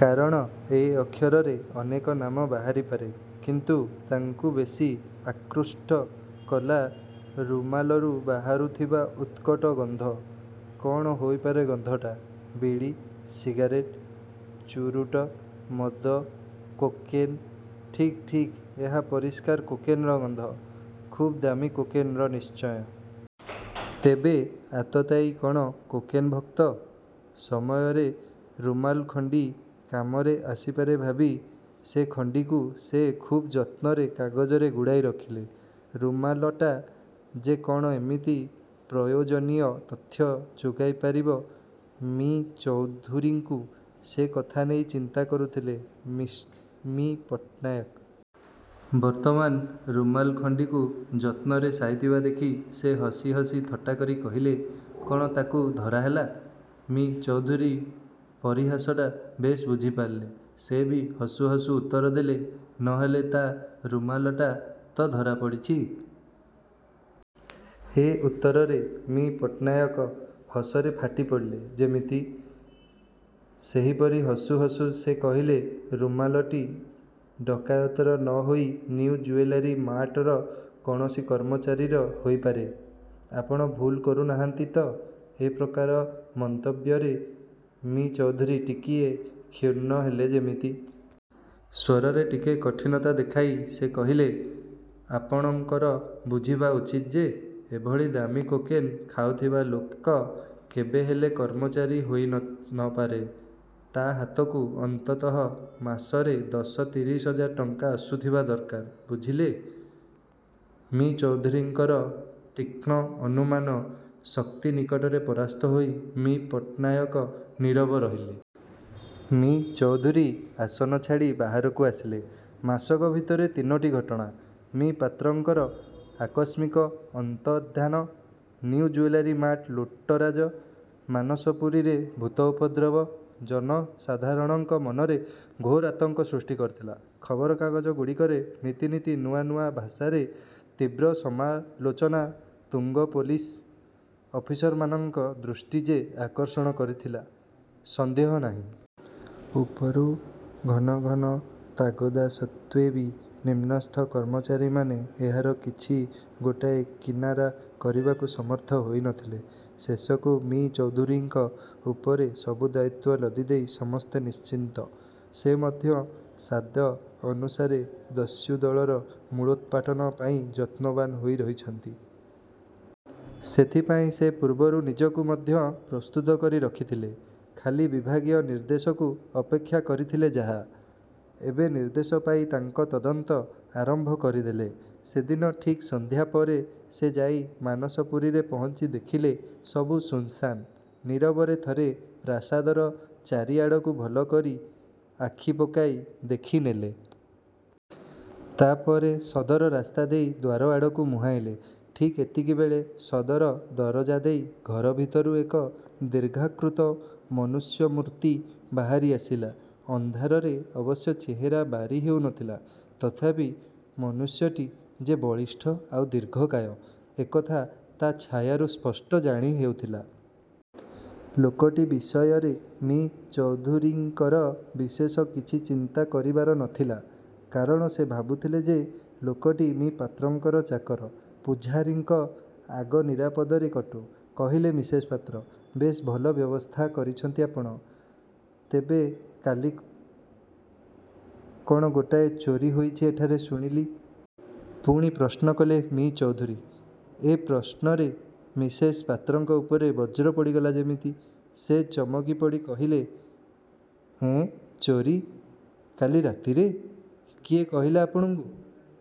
କାରଣ 'ଏ' ଅକ୍ଷରରେ ଅନେକ ନାମ ବାହାରି ପାରେ; କିନ୍ତୁ ତାଙ୍କୁ ବେଶୀ ଆକୃଷ୍ଟ କଲା ରୁମାଲରୁ ବାହାରୁଥିବା ଉତ୍କଟ ଗନ୍ଧ। କ'ଣ ହୋଇପାରେ ଗନ୍ଧଟା? ବିଡ଼ି, ସିଗାରେଟ୍, ଚୂରୁଟ, ମଦ, କୋକେନ୍ ଠିକ୍ ଠିକ୍ ଏହା ପରିଷ୍କାର କୋକେନର ଗନ୍ଧ। ଖୁବ୍ ଦାମୀ କୋକେନର ନିଶ୍ଚୟ-। ତେବେ ଆତତାୟୀ କ'ଣ କୋକେନ ଭକ୍ତ-? ସମୟରେ ରୁମାଲଖଣ୍ଡି କାମରେ ଆସିପାରେ ଭାବି ସେ ଖଣ୍ଡିକୁ ସେ ଖୁବ୍ ଯତ୍ନରେ କାଗଜରେ ଗୁଡ଼ାଇ ରଖିଲେ। ରୁମାଲଟା ଯେ କ'ଣ ଏମିତି ପ୍ରୟୋଜନୀୟ ତଥ୍ୟ ଯୋଗାଇ ପାରିବ ମି: ଚୌଧୁରୀଙ୍କୁ, ସେ କଥା ନେଇ ଚିନ୍ତା କରୁଥିଲେ ମି: ପଟ୍ଟନାୟକ। ବର୍ତ୍ତମାନ ରୁମାଲ ଖଣ୍ଡିକୁ ଯତ୍ନରେ ସାଇତିବା ଦେଖି ସେ ହସି ହସି ଥଟ୍ଟାକରି କହିଲେ, ''କଣ ତାକୁ ଧରା ହେଲା? '' ମି: ଚୌଧୁରୀ ପରିହାସଟା ବେଶ୍ ବୁଝିପାରିଲେ। ସେ ବି ହସୁ ହସୁ ଉତ୍ତର ଦେଲେ, ''ନ ହେଲେ ତା' ରୁମାଲଟା ତ ଧରା ପଡ଼ିଛି! '' ଏ ଉତ୍ତରରେ ମି: ପଟ୍ଟନାୟକ ହସରେ ଫାଟି ପଡ଼ିଲେ ଯେମିତି। ସେହିପରି ହସୁ ହସୁ ସେ କହିଲେ, ''ରୁମାଲଟି ଡକାୟତର ନ ହୋଇ ନିଉଜୁଏଲାରୀ ମାର୍ଟର କୌଣସି କର୍ମଚାରୀର ହୋଇପାରେ। ଆପଣ ଭୁଲ କରୁ ନାହାନ୍ତି ତ? '' ଏ ପ୍ରକାର ମନ୍ତବ୍ୟରେ ମି: ଚୌଧୁରୀ ଟିକିଏ କ୍ଷୁଣ୍ଣ ହେଲେ ଯେମିତି। ସ୍ୱରରେ ଟିକେ କଠିନତା ଦେଖାଇ ସେ କହିଲେ, ''ଆପଣଙ୍କର ବୁଝିବା ଉଚିତ ଯେ, ଏଭଳି ଦାମୀ କୋକେନ୍ ଖାଉଥିବା ଲୋକ କେବେ ହେଲେ କର୍ମଚାରୀ ହୋଇ ନ ପାରେ। ତା' ହାତକୁ ଅନ୍ତତଃ ମାସରେ ଦଶ ତିରିଶ ହଜାର ଟଙ୍କା ଆସୁଥିବା ଦରକାର, ବୁଝିଲେ? '' ମି: ଚୌଧୁରୀଙ୍କର ତୀକ୍ଷ୍ଣ ଅନୁମାନ ଶକ୍ତି ନିକଟରେ ପରାସ୍ତ ହୋଇ ମି: ପଟ୍ଟନାୟକ ନୀରବ ରହିଲେ। ମି: ଚୌଧୁରୀ ଆସନ ଛାଡ଼ି ବାହାରକୁ ଆସିଲେ। ମାସକ ଭିତରେ ତିନୋଟି ଘଟଣା-ମି: ପାତ୍ରଙ୍କର ଆକସ୍ମିକ ଅନ୍ତର୍ଦ୍ଧାନ, ନିଉ ଜୁଏଲାରୀ ମାର୍ଟ ଲୁଟ୍ତରାଜ, ମାନସପୁରୀରେ ଭୂତ ଉପଦ୍ରବ, ଜନ ସାଧାରଣଙ୍କ ମନରେ ଘୋର ଆତଙ୍କ ସୃଷ୍ଟି କରିଥିଲା। ଖବରକାଗଜ ଗୁଡ଼ିକରେ ନିତି ନିତି ନୂଆ ନୂଆ ଭାଷାରେ ତୀବ୍ର ସମାଲୋଚନା ତୁଙ୍ଗ ପୋଲିସ ଅଫିସରମାନଙ୍କ ଦୃଷ୍ଟି ଯେ ଆକର୍ଷଣ କରିଥିଲା, ସନ୍ଦେହ ନାହିଁ। ଉପରୁ ଘନ ଘନ ତାଗଦା ସତ୍ତ୍ୱେବି ନିମ୍ନସ୍ଥ କର୍ମଚାରୀମାନେ ଏହାର କିଛି ଗୋଟାଏ କିନାରା କରିବାକୁ ସମର୍ଥ ହୋଇ ନଥିଲେ। ଶେଷକୁ ମି: ଚୌଧୁରୀଙ୍କ ଉପରେ ସବୁ ଦାୟିତ୍ୱ ଲଦିଦେଇ ସମସ୍ତେ ନିଶ୍ଚିନ୍ତ। ସେ ମଧ୍ୟ ସାଧ୍ୟ ଅନୁସାରେ ଦସ୍ୟୁ ଦଳର ମୂଳୋତ୍ପାଟନ ପାଇଁ ଯତ୍ନବାନ୍ ହୋଇ ରହିଛନ୍ତି। ସେଥିପାଇଁ ସେ ପୂର୍ବରୁ ନିଜକୁ ମଧ୍ୟ ପ୍ରସ୍ତୁତ କରି ରଖିଥିଲେ; ଖାଲି ବିଭାଗୀୟ ନିର୍ଦ୍ଦେଶକୁ ଅପେକ୍ଷା କରିଥିଲେ ଯାହା। ଏବେ ନିର୍ଦ୍ଦେଶ ପାଇ ତାଙ୍କ ତଦନ୍ତ ଆରମ୍ଭ କରିଦେଲେ। ସେଦିନ ଠିକ୍ ସନ୍ଧ୍ୟା ପରେ ସେ ଯାଇ ମାନସପୁରୀରେ ପହଞ୍ଚି ଦେଖିଲେ-ସବୁ ଶୂନ୍ ଶାନ୍। ନୀରବରେ ଥରେ ପ୍ରାସାଦର ଚାରି ଆଡ଼କୁ ଭଲକରି ଆଖି ପକାଇ ଦେଖିନେଲେ। ତା'ପରେ ସଦର ରାସ୍ତା ଦେଇ ଦ୍ୱାର ଆଡ଼କୁ ମୁହାଁଇଲେ। ଠିକ୍ ଏତିକିବେଳେ ସଦର ଦରଜା ଦେଇ ଘର ଭିତରୁ ଏକ ଦୀର୍ଘାକୃତ ମନୁଷ୍ୟମୂର୍ତ୍ତି ବାହାରି ଆସିଲା। ଅନ୍ଧାରରେ ଅବଶ୍ୟ ଚେହେରା ବାରି ହେଉ ନଥିଲା। ତଥାପି ମନୁଷ୍ୟଟି ଯେ ବଳିଷ୍ଠ ଆଉ ଦୀର୍ଘକାୟ, ଏକଥା ତା'ଛାୟାରୁ ସ୍ପଷ୍ଟ ଜାଣି ହେଉଥିଲା। ଲୋକଟି ବିଷୟରେ ମି: ଚୌଧୁରୀଙ୍କର ବିଶେଷ କିଛି ଚିନ୍ତା କରିବାର ନଥିଲା; କାରଣ ସେ ଭାବୁଥିଲେ ଯେ ଲୋକଟି ମି: ପାତ୍ରଙ୍କର ଚାକର। ପୁଝାରୀଙ୍କ। ଆଗ ନିରାପଦରେ କଟୁ। '' କହିଲେ ମିସେସ୍ ପାତ୍ର। ''ବେଶ୍! ଭଲ ବ୍ୟବସ୍ଥା କରିଛନ୍ତି ଆପଣ। ତେବେ କାଲି କ'ଣ ଗୋଟାଏ ଚୋରୀ ହୋଇଛି ଏଠାରେ ଶୁଣିଲି। '' ପୁଣି ପ୍ରଶ୍ନ କଲେ ମି: ଚୌଧୁରୀ। ଏ ପ୍ରଶ୍ନରେ ମିସେସ୍ ପାତ୍ରଙ୍କ ଉପରେ ବଜ୍ର ପଡ଼ିଗଲା ଯେମିତି। ସେ ଚମକିପଡ଼ି କହିଲେ, ''ଏଁ, ଚୋରୀ! କାଲି ରାତିରେ? କିଏ କହିଲା ଆପଣଙ୍କୁ?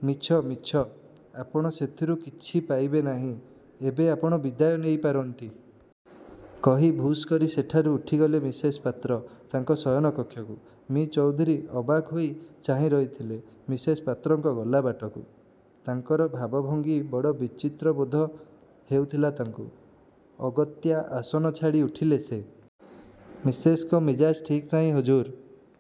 ମିଛ, ମିଛ; ଆପଣ ସେଥିରୁ କିଛି ପାଇବେ ନାହିଁ। ଏବେ ଆପଣ ବିଦାୟ ନେଇ ପାରନ୍ତି। '' କହି ଭୁଷ୍ କରି ସେଠାରୁ ଉଠିଗଲେ ମିସେସ୍ ପାତ୍ର ତାଙ୍କ ଶୟନ କକ୍ଷକୁ। ମି: ଚୌଧୁରୀ ଅବାକ୍ ହୋଇ ଚାହିଁ ରହିଥିଲେ ମିସେସ୍ ପାତ୍ରଙ୍କ ଗଲା ବାଟକୁ। ତାଙ୍କର ଭାବ ଭଙ୍ଗି ବଡ଼ ବିଚିତ୍ର ବୋଧ ହେଉଥିଲା ତାଙ୍କୁ। ଅଗତ୍ୟା ଆସନ ଛାଡ଼ି ଉଠିଲେ ସେ। ''ମିସେସ୍ଙ୍କ ମିଜାଜ୍ ଠିକ୍ ନାହିଁ ହଜୁର୍!